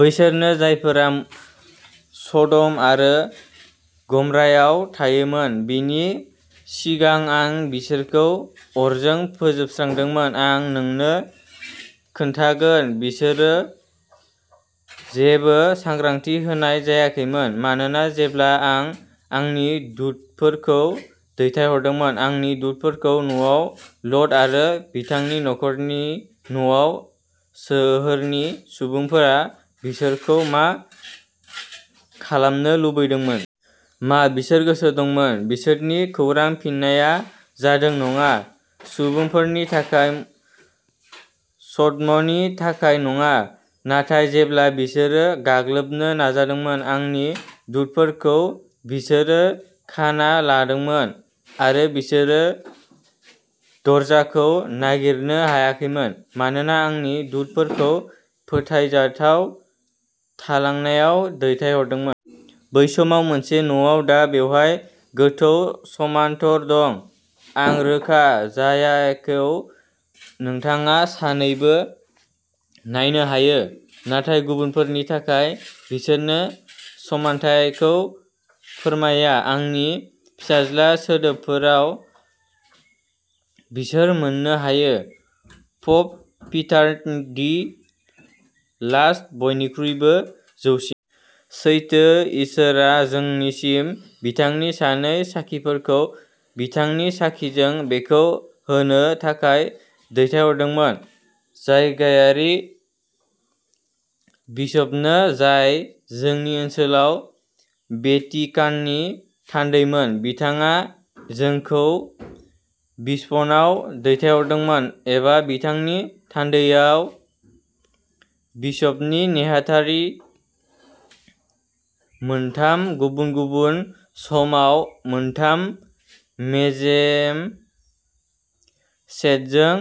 बैसोरनो जायफोरा सदम आरो गमरायाव थायोमोन। बेनि सिगां आं बिसोरखौ अरजों फोजोबस्रांदोंमोन। आं नोंनो खोन्थागोन बिसोरनो जेबो सांग्रांथि होनाय जायाखैमोन। मानोना जेब्ला आं आंनि दुतफोरखौ दैथायहरदोंमोन। आंनि दुतफोरखौ न'आव लट आरो बिथांनि नखर'नि न'आव सोहोरनि सुबुंफोरा बिसोरखौ मा खालामनो लुबैदोंमोन? मा बिसोर गोसो दंमोन। बिसोरनि खौरां फिननाया जादों नङा। सुबुंफोरनि थाखाय सदमनि थाखाय नङा। नाथाय जेब्ला बिसोरो गाग्लोबनो नाजादोंमोन। आंनि दुतफोरखौ बिसोरो खाना जादोंमोन आरो बिसोरो दरजाखौ नागिरनो हायाखैमोन। मानोना आंनि दुतफोरखौ फोथायजाथाव थालांनायाव दैथायहरदोंमोन। बै समाव मोनसे न'आव दा बेवहाय गोथौ समानटर दं। आं रोखा। जायखौ नोंथाङा सानैबो नायनो हायो। नाथाय गुबुनफोरनि थाखाय बिसोरनो समान्थायखौ फोरमाया। आंनि फिसाज्ला सोदोबफोराव बिसोर मोननो हायो। प'प पिटार दि लास्ट बयनिख्रुइबो जौसिन। सैथो इसोरआ जोंनिसिम बिथांनि सानै साखिफोरखौ बिथांनि साखिजों बेखौ होनो थाखाय दैथायहरदोंमोन। जायगायारि बिसपनो जाय जोंनि ओनसोलाव भेटिकाननि थान्दैमोन। बिथाङा जोंखौ बिसपनाव दैथायहरदोंमोन एबा बिथांनि थान्दैनाव बिसपनि नेहाथारि मोनथाम गुबुन-गुबुन समाव मोनथाम मेसेज सेटजों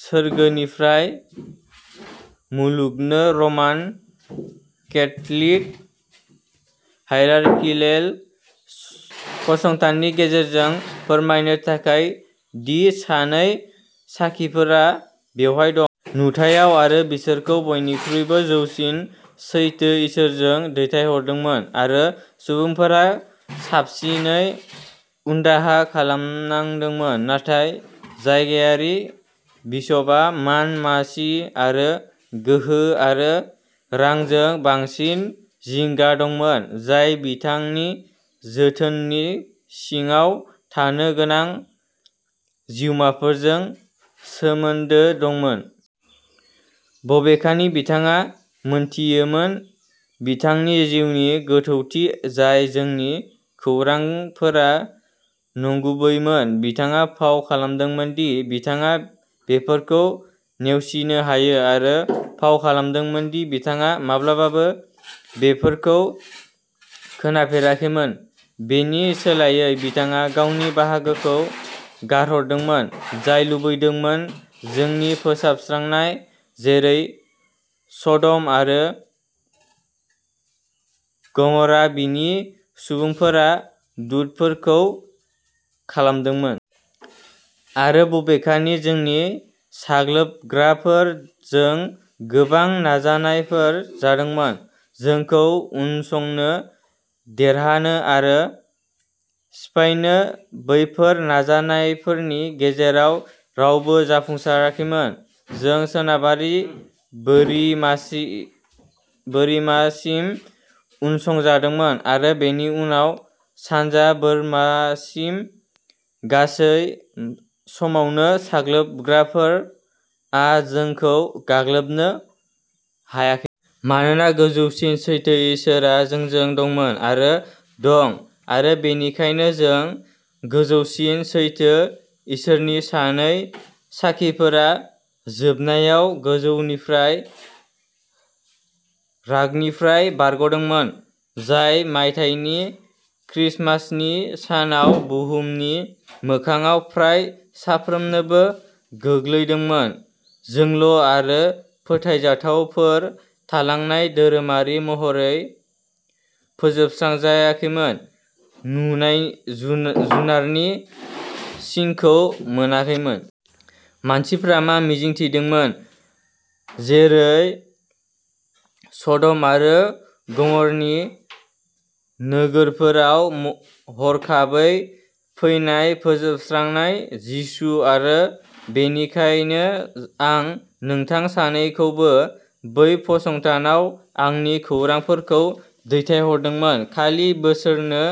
सोरगोनिफ्राय मुलुगनो रमान केथ'लिक हाइरारकिकेल फसंथाननि गेजेरजों फोरमायनो थाखाय दि सानै साखिफोरा बेवहाय दं। नुथायाव आरो बिसोरखौ बयनिख्रुइबो गोजौसिन सैथो इसोरजों दैथायहरदोंमोन आरो सुबुंफोरा साबसिनै, उनदाहा खालामनांदोंमोन। नाथाय जायगायारि बिसपआ मान मासि, आरो गोहो आरो रांजों बांसिन जिंगा दंमोन। जाय बिथांनि जोथोननि सिङाव थानो गोनां जिउमाफोरजों सोमोनदो दंमोन। बबेखानि बिथाङा मोनथियोमोन बिथांनि जिउनि गोथौथि जाय जोंनि खौरांफोरा नंगुबैमोन बिथाङा फाव खालामदोंमोन दि बिथाङा बेफोरखौ नेवसिनो हायो आरो फाव खालामदोंमोन दि बिथाङा माब्लाबाबो बेफोरखौ खोनाफेराखैमोन। बेनि सोलायै बिथाङा गावनि बाहागोखौ गारहरदोंमोन। जाय लुबैदोंमोन जोंनि फोजोबस्रांनाय जेरै सदम आरो गमरानि सुबुंफोरा दुतफोरखौ खालामदोंमोन। आरो बबेखानि जोंनि गाग्लोबग्राफोर जों गोबां नाजानायफोर जादोंमोन। जोंखौ उनसंनो देरहानो आरो सिफायनो बैफोर नाजानायफोरनि गेजेराव रावबो जाफुंसाराखैमोन। जों सोनाबारि बोरिमासि बोरिमासिम उनसंजादोंमोन आरो बेनि उनाव सानजा बोरमासिम गासै समावनो गाग्लोबग्राफोर आ जोंखौ गाग्लोबनो हायाखै। मानोना गोजौसिन सैथो इसोरआ जोंजों दंमोन आरो दं। आरो बेनिखायनो जों गोजौसिन सैथो इसोरनि सानै साखिफोरा जोबनायाव 'गोजौनिफ्राय रागनिफ्राय बारग'दोंमोन। जाय मायथाइनि क्रिसमासनि सानाव बुहुमनि मोखांआव फ्राय साफ्रोमनोबो गोग्लैदोंमोन। जोंल’ आरो फोथायजाथावफोर थालांनाय धोरोमारि महरै फोजोबस्रांजायाखैमोन नुनाय जुनार जुनारनि सिनखौ मोनाखैमोन। मानसिफ्रा मा मिजिंथिदोंमोन! जेरै सडम आरो गमरनि नोगोरफोराव म हरखाबै फैनाय फोजोबस्रांनाय जिसु आरो बेनिखायनो आं नोंथां सानैखौबो बै फसंथानआव आंनि खौरांफोरजों दैथायहरदोंमोन खालि बिसोरनो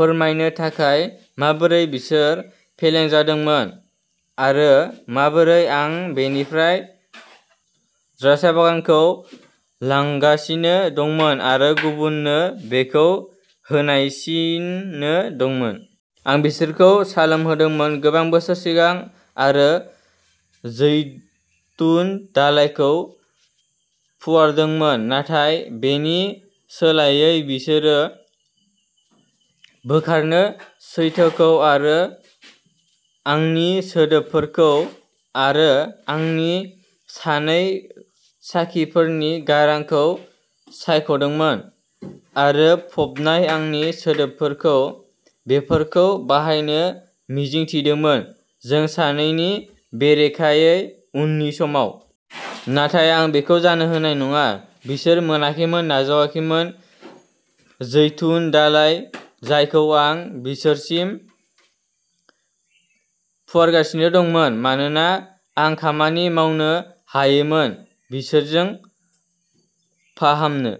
फोरमायनो थाखाय माबोरै बिसोर फेलें जादोंमोन। आरो माबोरै आं बेनिफ्राय द्राक्षा बागानखौ लांगासिनो दंमोन आरो गुबुननो बेखौ होनायसिनो दंमोन। आं बिसोरखौ सामोल होदोंमोन गोबां बोसोर सिगां आरो जैतुन दालाइखौ फुवारदोंमोन। नाथाय बेनि सोलायै बिसोरो बोखारनो सैथोखौ आरो आंनि सोदोबफोरखौ आरो आंनि सानै साखिफोरनि गारां'खौ सायखदोंमोन आरो फबनाय आंनि सोदोबफोरखौ बेफोरखौ बाहायनो मिजिं थिदोंमोन नों सानैनि बेरेखायै उननि समाव। नाथाय आं बेखौ जानो होनाय नङा। बिसोरो मोनाखैमोन नाजावाखैमोन जैतुन दालाइ जायखौ आं बिसोरसिम फुवारगासिनो दंमोन। मानोना आं खामानि मावनो हायोमोन। बिसोरजों फाहामनो